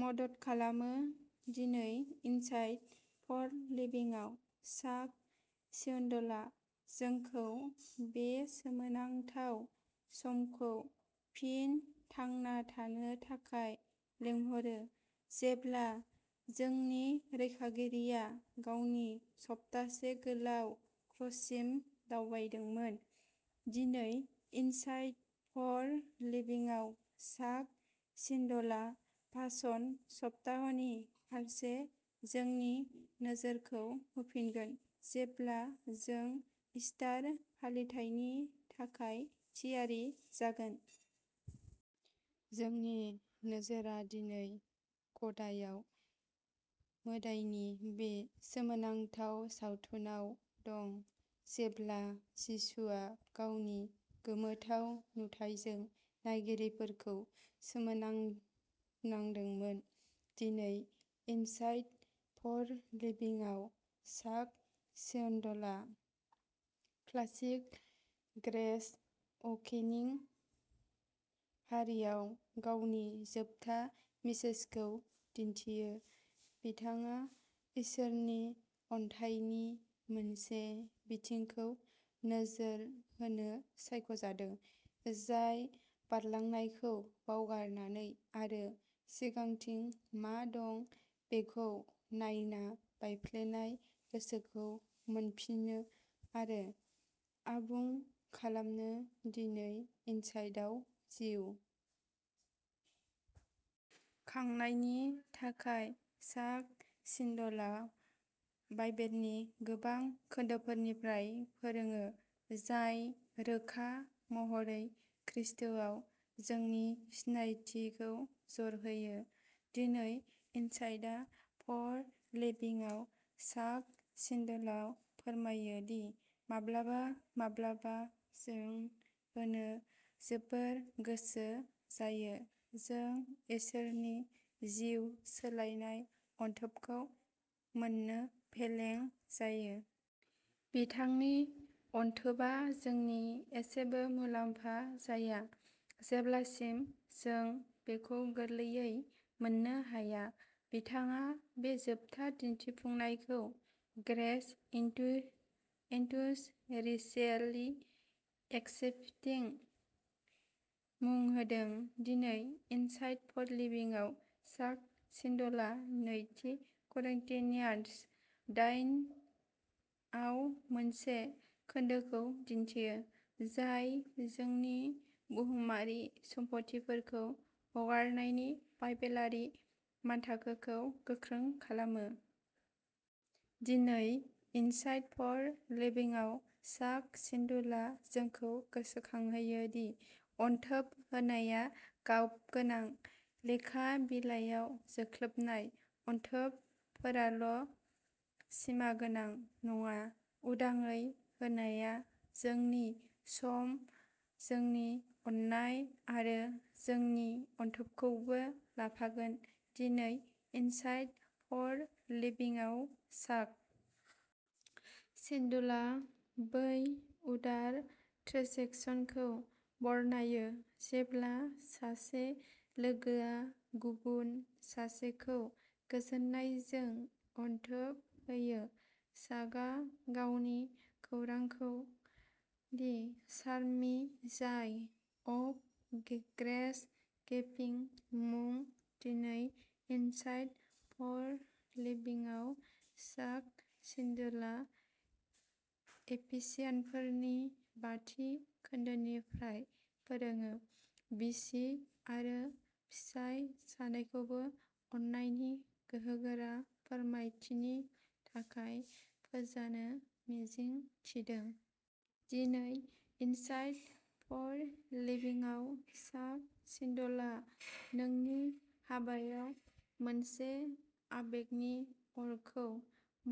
मदद खालामो दिनै इनसाइट फर लिभिंआव चाक स्विनडलआ जोंखौ बे सोमोनांथाव समखौ फिन थांना थानो थाखाय लिंहरो जेब्ला जोंनि रैखागिरिया गावनि सप्तासे गोलाव क्रससिम दावबायदोंमोन दिनै इनसाइट फर लिभिंआव चाक स्विनडलआ पासन सप्ताहनि फारसे जोंनि नोजोरखौ होफिनगोन जेब्ला जों ईस्टार फालिथायनि थाखाय थियारि जागोन। जोंनि नोजोरआ दिनै गदायाव मोदाइ नि बे सोमोनांथाव सावथुनाव दं जेब्ला जिसुआ गावनि गोमोथाव नुथाइजों नायगिरिफोरखौ सोमोनांदोंमोन। दिनै इनसाइट फर लिभिंआव चाक स्विनडलआ क्लासिक ग्रेस अवेकेनिं फारिआव गावनि जोबथा मेसेजखौ दिन्थियो। बिथाङा इसोरनि अनथाइनि मोनसे बिथिंखौ नोजोर होनो सायख'जादों जाय बारलांनायखौ बावगारनानै आरो सिगांथिं मा दं बेखौ नायना बायफ्लेनाय गोसोखौ मोनफिनो आरो आबुं खालामो दिनै इनसाइटआव जिउ -- खांनायनि थाखाय चाक सिनडलआ बाइबेलनि गोबां खोन्दोफोरनिफ्राय फोरोङो जाय रोखा महरै ख्रीष्टआव जोंनि सिनायथिखौ जर होयो। दिनै इनसाइदा फर लिभिंआव चाक सिनडोलआव फोरमायो दि माब्लाबा माब्लाबा जों होनो जोबोद गोसो जायो जों इसोरनि जिउ सोलायनाय अनथोबखौ मोन्नो फेलें जायो। बिथांनि अनथोबआ जोंनि एसेबो मुलाम्फा जाया जेब्लासिम जों बेखौ गोरलैयै मोननो हाया बिथाङा बे जोबथा दिन्थिफुंनायखौ ग्रेस इनटु इनटुस रियेलि एक्सेप्टिं मुं होदों दिनै इनसाइट फर लिभिंआव चाक सिनडलआ नैथि करिंथियान्स दाइन आव मोनसे खोन्दोखौ दिन्थियो जाय जोंनि बुहुमारि सम्फथिफोरखौ हगारनायनि बाइबेलारि मानथाखोखौ गोख्रों खालामो। दिनै इनसाइट फर लिभिंआव चाक सिनडुलआ जोंखौ गोसोखांहोयो दि अनथोब होनाया गाबगोनां लेखा बिलाइयाव जोख्लोबनाय अनथोबफोरावल' सिमागोनां नङा उदांङै होनाया जोंनि सम जोंनि अननाय आरो जोंनि अनथोबखौबो लाफागोन दिनै इनसाइट फर लिभिंआव चाक -- सिनडलआ बै उदार ट्रेजेकसनखौ बरनायो जेब्ला सासे लोगोआ गुबुन सासेखौ गोजोननायजों अनथोब होयो चाकआ गावनि खौरांखौ दि चार्मि जाय अफ ग्रेस गिफिं मुं दिनै इनसाइट फर लिभिंआव चाक सिनडलआ एफिसियानफोरनि बाथि खोन्दोनिफ्राय फोरोङो बिसि आरो फिसाय सानैखौबो अननायनि गोहोगोरा फोरमायथिनि थाखाय फोजानो मिजिं थिदों। दिनै इनसाइट फर लिभिंआव चाक सिनडलआ नोंनि हाबायाव मोनसे आबेगनि अरखौ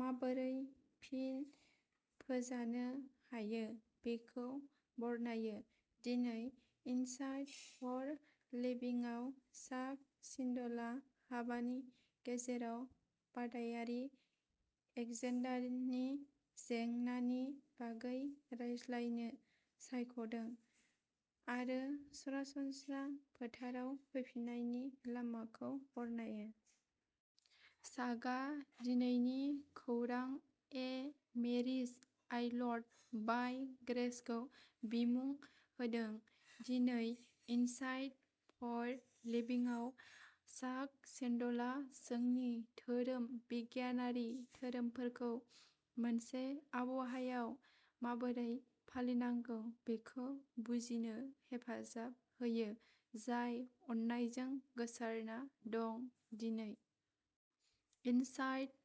माबोरै फिन फोजानो हायो बेखौ बरनायो। दिनै इनसाइट फर लिभिंआव चाक सिनडलआ हाबानि गेजेराव बादायारि एगजेन्डारनि जेंनानि बागै रायज्लायनो सायख'दों आरो सरासनस्रा फोथाराव फैफिन्नायनि लामाखौ बरनायो। चाकआ दिनैनि खौरां ए मेरिज आयल्ड बाइ ग्रेसखौ बिमुं होदों दिनै इनसाइट फर लिभिंआव चाक सिनडलआ जोंनि धोरोम बिगियानारि धोरोमफोरखौ मोनसे आबहावायाव माबोरै फालिनांगौ बेखौ बुजिनो हेफाजाब होयो जाय अननायजों गोसारना दं दिनै -- इनसाइट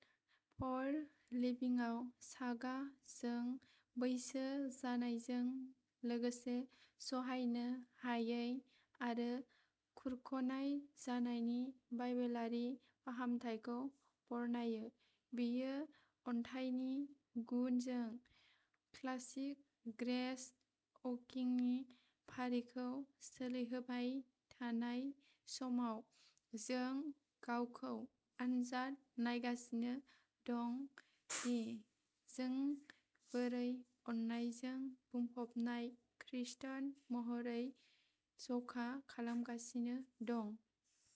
फर लिभिंआव चाकआ जों बैसो जानायजों लोगोसे सहायनो हायै आरो खुरख'नाय जानायनि बाइबेलारि फाहामथायखौ बरनायो बेयो अनथायनि गुन जों क्लासिक ग्रेस वेकिंनि फारिखौ सोलिहोबाय थानाय समाव जों गावखौ आनजाद नायगासिनो दं दि जों बोरै अननायजों बुंफबनाय खृस्टान महरै जखा खालामजागासिनो दं।